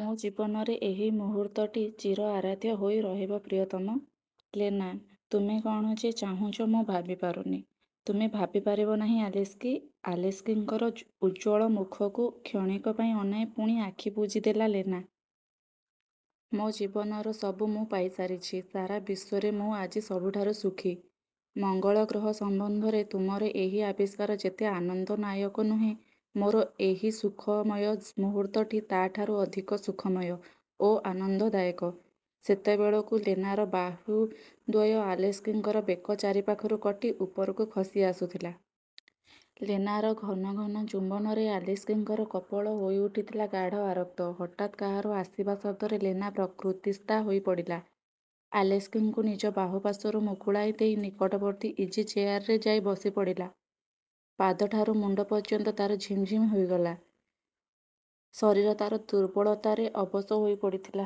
ମୋ ଜୀବନରେ ଏହି ମୁହୂର୍ତ୍ତଟି ଚିର ଆରାଧ୍ୟ ହୋଇ ରହିବ ପ୍ରିୟତମ। '' ''ଲେନା! ତୁମେ କ'ଣ ଯେ ଚାହୁଁଛ ମୁଁ ଭାବି ପାରୁନି। '' ''ତୁମେ ଭାବି ପାରିବ ନାହିଁ ଆଲେସ୍କି! '' ଆଲେସ୍କିଙ୍କର ଉଜ୍ଜ୍ୱଳ ମୁଖକୁ କ୍ଷଣିକ ପାଇଁ ଅନାଇ ପୁଣି ଆଖି ବୁଜି ଦେଲା ଲେନା। ' ମୋ ଜୀବନର ସବୁ ମୁଁ ପାଇସାରିଛି। ସାରା ବିଶ୍ୱରେ ମୁଁ ଆଜି ସବୁଠାରୁ ସୁଖୀ। ମଙ୍ଗଳ ଗ୍ରହ ସମ୍ୱନ୍ଧରେ ତୁମର ଏହି ଆବିଷ୍କାର ଯେତେ ଆନନ୍ଦନାୟକ ନୁହେଁ, ମୋର ଏହି ସୁଖମୟ ମୁହୂର୍ତ୍ତଟି ତା'ଠାରୁ ଅଧିକ ସୁଖମୟ ଓ ଆନନ୍ଦଦାୟକ। '' ସେତେବେଳକୁ ଲେନାର ବାହୁଦ୍ୱୟ ଆଲେସ୍କିଙ୍କର ବେକ ଚାରିପାଖରୁ କଟୀ ଉପରକୁ ଖସି ଆସୁଥିଲା। ଲେନାର ଘନ ଘନ ଚୁମ୍ବନରେ ଆଲେସ୍କିଙ୍କର କପୋଳ ହୋଇଉଠିଥିଲା ଗାଢ଼ ଆରକ୍ତ। ହଠାତ୍ କାହାର ଆସିବା ଶବ୍ଦରେ ଲେନା ପ୍ରକୃତିସ୍ଥା ହୋଇପଡ଼ିଲା। ଆଲେସ୍କିଙ୍କୁ ନିଜ ବାହୁପାଶରୁ ମୁକୁଳାଇ ଦେଇ ନିକଟବର୍ତ୍ତୀ ଇଜି ଚେୟାରରେ ଯାଇ ବସିପଡ଼ିଲା। ପାଦଠାରୁ ମୁଣ୍ଡ ପର୍ଯ୍ୟନ୍ତ ତାର ଝିମ୍ଝିମ୍ ହୋଇଗଲା। ଶରୀର ତା'ର ଦୁର୍ବଳତାରେ ଅବଶ ହୋଇ ପଡ଼ିଥିଲା।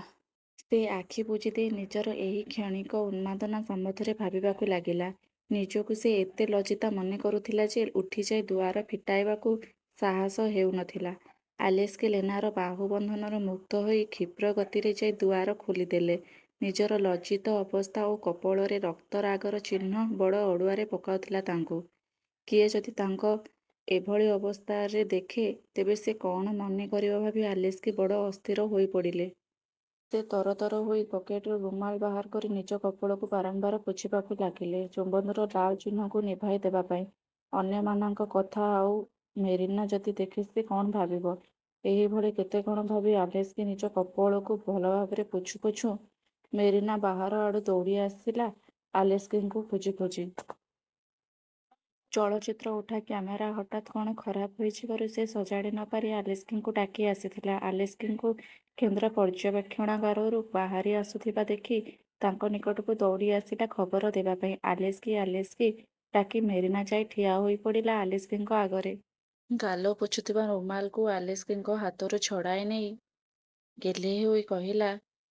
ସେ ଆଖି ବୁଜିଦେଇ ନିଜର ଏହି କ୍ଷଣିକ ଉନ୍ମାଦନା ସମ୍ୱନ୍ଧରେ ଭାବିବାକୁ ଲାଗିଲା। ନିଜକୁ ସେ ଏତେ ଲଜ୍ଜିତା ମନେ କରୁଥିଲା ଯେ, ଉଠିଯାଇ ଦୁଆର ଫିଟାଇବାକୁ ସାହସ ହେଉ ନଥିଲା। ଆଲେସ୍କି ଲେନାର ବାହୁବନ୍ଧନରୁ ମୁକ୍ତ ହୋଇ କ୍ଷିପ୍ରଗତିରେ ଯାଇ ଦୁଆର ଖୋଲିଦେଲେ। ନିଜର ଲଜ୍ଜିତ ଅବସ୍ଥା ଓ କପୋଳରେ ରକ୍ତରାଗର ଚିହ୍ନ ବଡ଼ ଅଡ଼ୁଆରେ ପକାଉଥିଲା ତାଙ୍କୁ କିଏ ଯଦି ତାଙ୍କ ଏଭଳି ଅବସ୍ଥାରେ ଦେଖେ, ତେବେ ସେ କ'ଣ ମନେ କରିବ ଭାବି ଆଲେସ୍କି ବଡ଼ ଅସ୍ଥିର ହୋଇପଡ଼ିଲେ। ସେ ତରତର ହୋଇ ପକେଟରୁ ରୁମାଲ ବାହାର କରି ନିଜ କପୋଳକୁ ବାରମ୍ୱାର ପୋଛିବାକୁ ଲାଗିଲେ, ଚୁମ୍ୱନର ଲାଲ ଚିହ୍ନକୁ ନିଭାଇ ଦେବାପାଇଁ-। ଅନ୍ୟମାନଙ୍କ କଥା ଆଉ, ମେରିନା ଯଦି ଦେଖେ ସେ କ'ଣ ଭାବିବ? ଏହିଭଳି କେତେ କ'ଣ ଭାବି ଆଲେସ୍କି ନିଜ କପୋଳକୁ ଭଲଭାବରେ ପୋଛୁଁ ପୋଛୁଁ: ମେରିନା ବାହାର ଆଡ଼ୁ ଦୌଡ଼ିଆସିଲା ଆଲେସ୍କିଙ୍କୁ ଖୋଜି ଖୋଜି। ଚଳଚ୍ଚିତ୍ର ଉଠା କ୍ୟାମେରା ହଠାତ୍ କ'ଣ ଖରାପ ହୋଇଯିବାରୁ ସେ ସଜାଡ଼ି ନ ପାରି ଆଲେସ୍କିଙ୍କୁ ଡାକି ଆସିଥିଲା। ଆଲେସ୍କିଙ୍କୁ କେନ୍ଦ୍ର ପର୍ଯ୍ୟବେକ୍ଷଣାଗାରରୁ ବାହାରି ଆସୁଥିବା ଦେଖି ତାଙ୍କ ନିକଟକୁ ଦୌଡ଼ିଆସିଲା ଖବର ଦେବା ପାଇଁ। 'ଆଲେସ୍କି, ଆଲେସ୍କି'' ଡାକି ମେରିନା ଯାଇ ଠିଆ ହୋଇପଡ଼ିଲା ଆଲେସ୍କିଙ୍କ ଆଗରେ-। ଗାଲ ପୋଛୁଥିବା ରୁମାଲକୁ ଆଲେସ୍କିଙ୍କ ହାତରୁ ଛଡ଼ାଇ ନେଇ ଗେହ୍ଲେଇ ହୋଇ କହିଲା,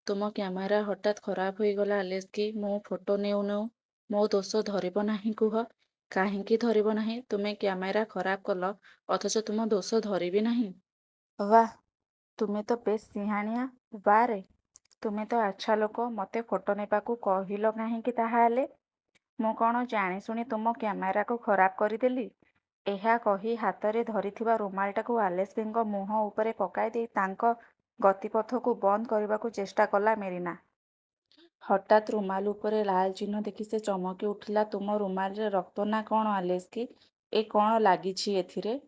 ''ତୁମ କ୍ୟାମେରା ହଠାତ୍ ଖରାପ ହୋଇଗଲା ଆଲେସ୍କି–ମୁଁ ଫଟୋ ନେଉଁ ନେଉଁ। ମୋ ଦୋଷ ଧରିବ ନାହିଁ, କୁହ। '' ''କାହିଁକି ଧରିବ ନାହିଁ? ତୁମେ କ୍ୟାମେରା ଖରାପ କଲ ଅଥଚ ତୁମ ଦୋଷ ଧରିବି ନାହିଁ? ବାଃ! ତୁମେ ତ ବେଶ୍ ସିହାଣିଆ? '' ''ବାଃରେ, ତୁମେ ତ ଆଚ୍ଛା ଲୋକ। ମୋତେ ଫଟୋ ନେବାକୁ କହିଲ କାହିଁକି ତାହାହେଲେ? ମୁଁ କ'ଣ ଜାଣିଶୁଣି ତୁମ କ୍ୟାମେରାକୁ ଖରାପ କରିଦେଲି? '' ଏହା କହି ହାତରେ ଧରିଥିବା ରୁମାଲଟାକୁ ଆଲେସ୍କିଙ୍କ ମୁହଁ ଉପରେ ପକାଇଦେଇ ତାଙ୍କ ଗତିପଥକୁ ବନ୍ଦ କରିବାକୁ ଚେଷ୍ଟାକଲା ମେରିନା। ହଠାତ୍ ରୁମାଲ ଉପରେ ଲାଲଚିହ୍ନ ଦେଖି ସେ ଚମକି ଉଠିଲା। '' ତୁମ ରୁମାଲରେ ରକ୍ତ ନା କ'ଣ ଆଲେସ୍କି? '' ଏ କ'ଣ ଲାଗିଛି ଏଥିରେ? ''